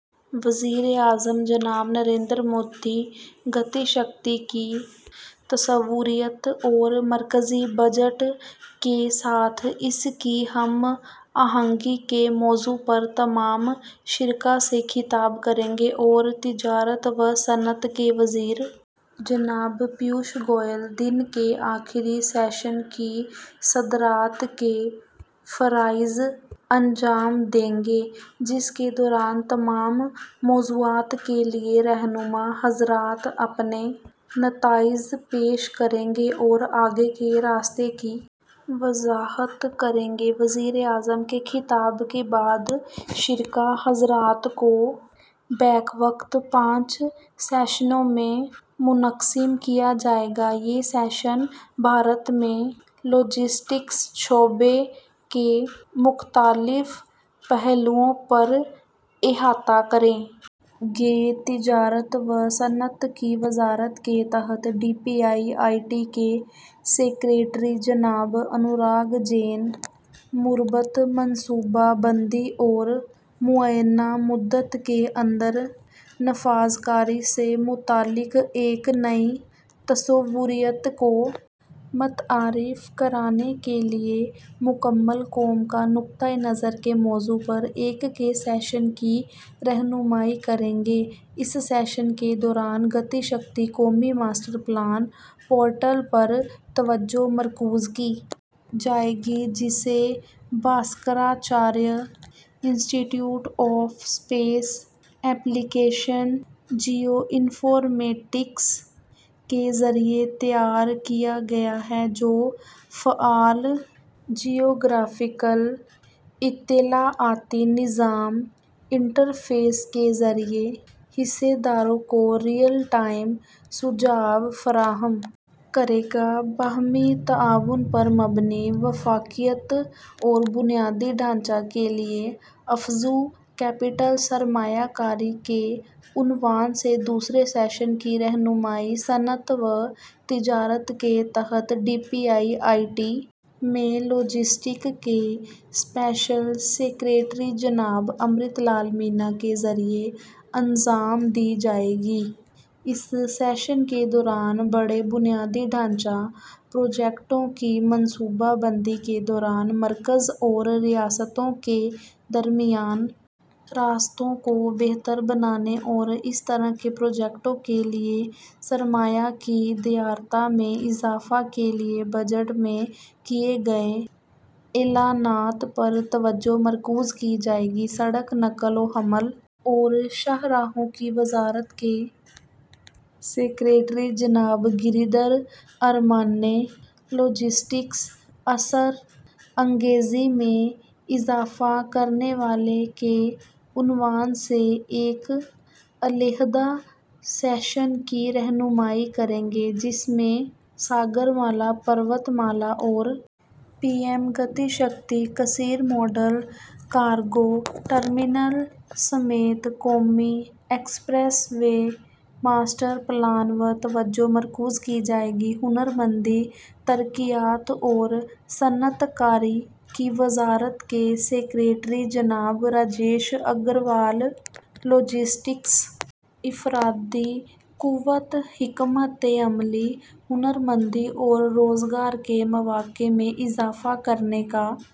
وزیر اعظم جناب نریندر مودی گتی شکتی کی تصوریت اور مرکزی بجٹ کے ساتھ اس کی ہم آہنگی کے موضوع پر تمام شرکاء سے خطاب کریں گے اور تجارت و صنعت کے وزیر جناب پیوش گوئل دن کے آخری سیشن کی صدارت کے فرائض انجام دیں گے جس کے دوران تمام موضوعات کے لیے رہنما حضرات اپنے نتائج پیش کریں گے اور آگے کے راستے کی وضاحت کریں گے وزیر اعظم کے خطاب کے بعد شرکاء حضرات کو بیک وقت پانچ سیشنوں میں منقسم کیا جائے گا یہ سیشن بھارت میں لاجسٹکس شعبہ کے مختلف پہلوؤں پر احاطہ کریں گے تجارت و صنعت کی وزارت کے تحت D P I I T کے سکریٹری جناب انوراگ جین مربوط منصوبہ بندی اور معینہ مدت کے اندر نفاذکاری سے متعلق ایک نئی تصوریت کو متعارف کرانے کے لیے مکمل قوم کا نقطہ نظر کے موضوع پر ایک کی سیشن کی رہنمائی کریں گے اس سیشن کے دوران گتی شکتی قومی ماسٹر پلان پورٹل پر توجہ مرکوز کی جائے گی جسے Bhaskaracharya institute of space application Jio informatics کے ذریعہ تیار کیا گیا ہے جو فعال جغرافیائی اطلاعاتی نظام انٹرفیس کے ذریعہ حصہ داروں کو رئیل ٹائم سجھاؤ فراہم کرے گا باہمی تعاون پر مبنی وفاقیت اور بنیادی ڈھانچہ کے لیے افزوں کیپٹل سرمایہ کاری کے عنوان سے دوسرے سیشن کی رہنمائی صنعت و تجارت کے تحت D P I I T میں لاجسٹکس کے اسپیشل سکریٹری جناب امرت لال مینا کے ذریعہ انجام دی جائے گی اس سیشن کے دوران بڑے بنیادی ڈھانچہ پروجیکٹوں کی منصوبہ بندی کے دوران مرکز اور ریاستوں کے درمیان رابطہ کو بہتر بنانے اور اس طرح کے پروجیکٹوں کے لیے سرمایہ کی دستیابی میں اضافہ کے لیے بجٹ میں کیے گئے اعلانات پر توجہ مرکوز کی جائے گی سڑک نقل و حمل اور شاہراہوں کی وزارت کے سکریٹری جناب گری دھر ارمانے لاجسٹکس اثر انگیزی میں اضافہ کرنے والے کے عنوان سے ایک علیحدہ سیشن کی رہنمائی کریں گے جس میں ساگرمالا پروت مالا اور پی ایم گتی شکتی کثیر ماڈل کارگو ٹرمنلس سمیت قومی ایکسپریس وے ماسٹر پلان پر توجہ مرکوز کی جائے گی ہنرمندی ترقیات اور صنعت کاری کی وزارت کے سکریٹری جناب راجیش اگروال لاجسٹکس افرادی قوت حکمت عملی ہنرمندی اور روزگار کے مواقع میں اضافہ کرنا کے